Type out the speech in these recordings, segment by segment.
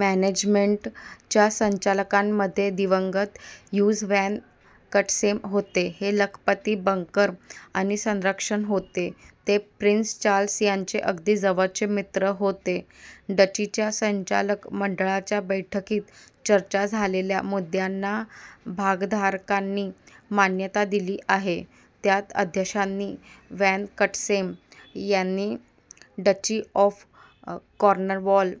​'मॅनेजमेंट'च्या संचालकांमध्ये दिवंगत huge van कटसेम होते. हे लखपती बँकर आणि संरक्षक होते. ते प्रिन्स चार्ल्स यांचे अगदी जवळचे मित्र होते. डचीच्या संचालक मंडळाच्या बैठकीत चर्चा झालेल्या मुद्द्यांना भागधारकांनी मान्यता दिली आहे. त्यात "अध्यक्षांनी वॅन कटसेम यांनी डची ऑफ कॉर्नवॉल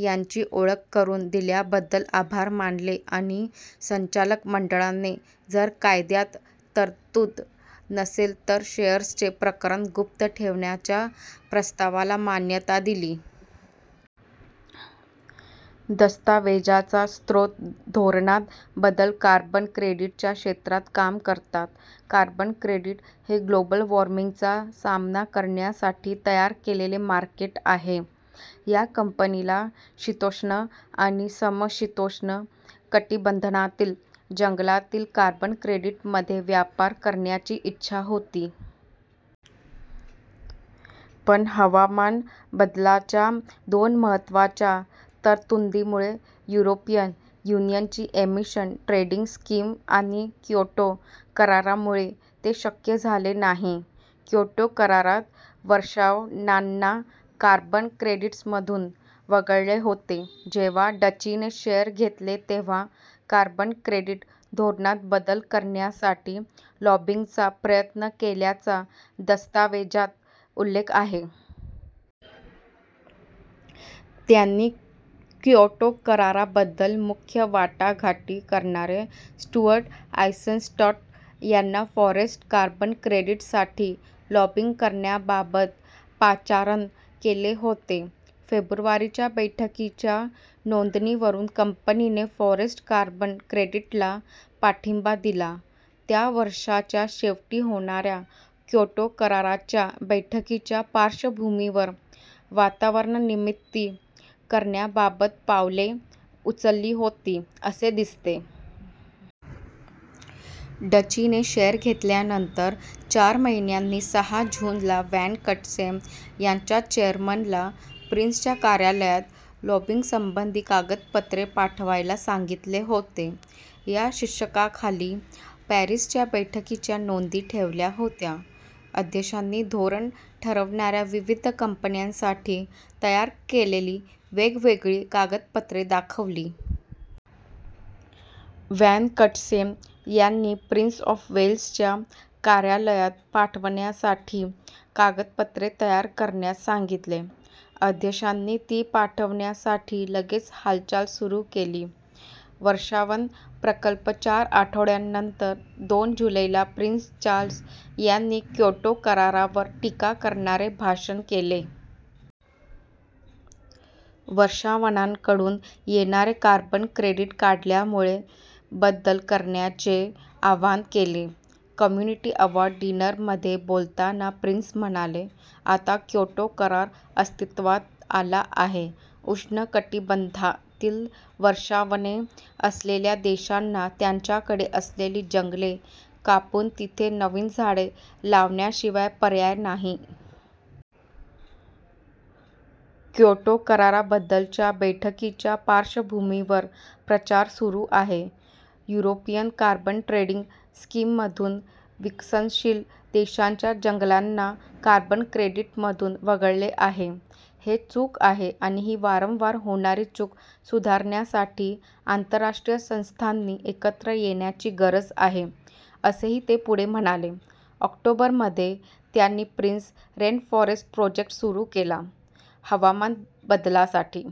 यांची ओळख करून दिल्याबद्दल आभार मानले आणि संचालक मंडळाने जर कायद्यात तरतूद नसेल तर शेअर्सचे प्रकरण गुप्त ठेवण्याच्या प्रस्तावाला मान्यता दिली". दस्तावेजाचा स्रोत धोरणात बदल कार्बन क्रेडिटच्या क्षेत्रात काम करतात. कार्बन क्रेडिट हे ग्लोबल वॉर्मिंगचा सामना करण्यासाठी तयार केलेले मार्केट आहे. या कंपनीला शीतोष्ण आणि समशीतोष्ण कटिबंधातील जंगलातील कार्बन क्रेडिटमध्ये व्यापार करण्याची इच्छा होती. पण हवामान बदलाच्या दोन महत्त्वाच्या तरतुदींमुळे, युरोपियन युनियनची एमिशन ट्रेडिंग स्कीम आणि क्योटो करारामुळे ते शक्य झाले नाही. क्योटो करारात वर्षावनांना कार्बन क्रेडिट्समधून वगळले होते. जेव्हा डचीने शेअर घेतले तेव्हा कार्बन क्रेडिट धोरणात बदल करण्यासाठी लॉबिंगचा प्रयत्न केल्याचा दस्तावेजात उल्लेख आहे. त्यांनी क्योटो कराराबद्दल मुख्य वाटाघाटी करणारे स्टुअर्ट आयसनस्टॅट यांना फॉरेस्ट कार्बन क्रेडिटसाठी लॉबिंग करण्याबाबत पाचारण केले होते. फेब्रुवारीच्या बैठकींच्या नोंदींवरून कंपनीने फॉरेस्ट कार्बन क्रेडिटला पाठिंबा दिला. त्या वर्षाच्या शेवटी होणाऱ्या क्योटो कराराच्या बैठकीच्या पार्श्वभूमीवर वातावरणनिर्मिती करण्याबाबत पावले उचलली होती, असे दिसते. डचीने शेअर घेतल्यानंतर चार महिन्यांनी सहा जूनला वॅन कटसेम यांच्या चेअरमनला प्रिन्सच्या कार्यालयात लॉबिंगसंबंधी कागदपत्रे पाठवायला सांगितले होते. या शीर्षकाखाली पॅरिसच्या बैठकीच्या नोंदी ठेवल्या होत्या. अध्यक्षांनी धोरण ठरवणाऱ्या विविध कंपन्यांसाठी तयार केलेली वेगवेगळी कागदपत्रे दाखवली. वॅन कटसेम यांनी प्रिन्स ऑफ वेल्सच्या कार्यालयात पाठवण्यासाठी कागदपत्रे तयार करण्यास सांगितले. अध्यक्षांनी ती पाठवण्यासाठी लगेच हालचाल सुरू केली. वर्षावन प्रकल्प चार आठवड्यांनंतर दोन जुलैला प्रिन्स चार्ल्स यांनी क्योटो करारावर टीका करणारे भाषण केले. वर्षावनांकडून येणारे कार्बन क्रेडिट काढल्यामुळे बदल करण्याचे आवाहन केले. कम्युनिटी अवॉर्ड डिनरमध्ये बोलताना प्रिन्स म्हणाले, "आता क्योटो करार अस्तित्वात आला आहे, उष्ण कटिबंधातील वर्षावने असलेल्या देशांना त्यांच्याकडे असलेली जंगले कापून तिथे नवीन झाडे लावण्याशिवाय पर्याय नाही." क्योटो कराराबद्दलच्या बैठकीच्या पार्श्वभूमीवर प्रचार सुरू आहे. "युरोपियन कार्बन ट्रेडिंग स्कीममधून विकसनशील देशांच्या जंगलांना कार्बन क्रेडिटमधून वगळले आहे. हे चूक आहे आणि ही वारंवार होणारी चूक सुधारण्यासाठी आंतरराष्ट्रीय संस्थांनी एकत्र येण्याची गरज आहे," असेही ते पुढे म्हणाले. ऑक्टोबरमध्ये त्यांनी प्रिन्स रेनफॉरेस्ट प्रोजेक्ट सुरू केला. हवामान बदलासाठी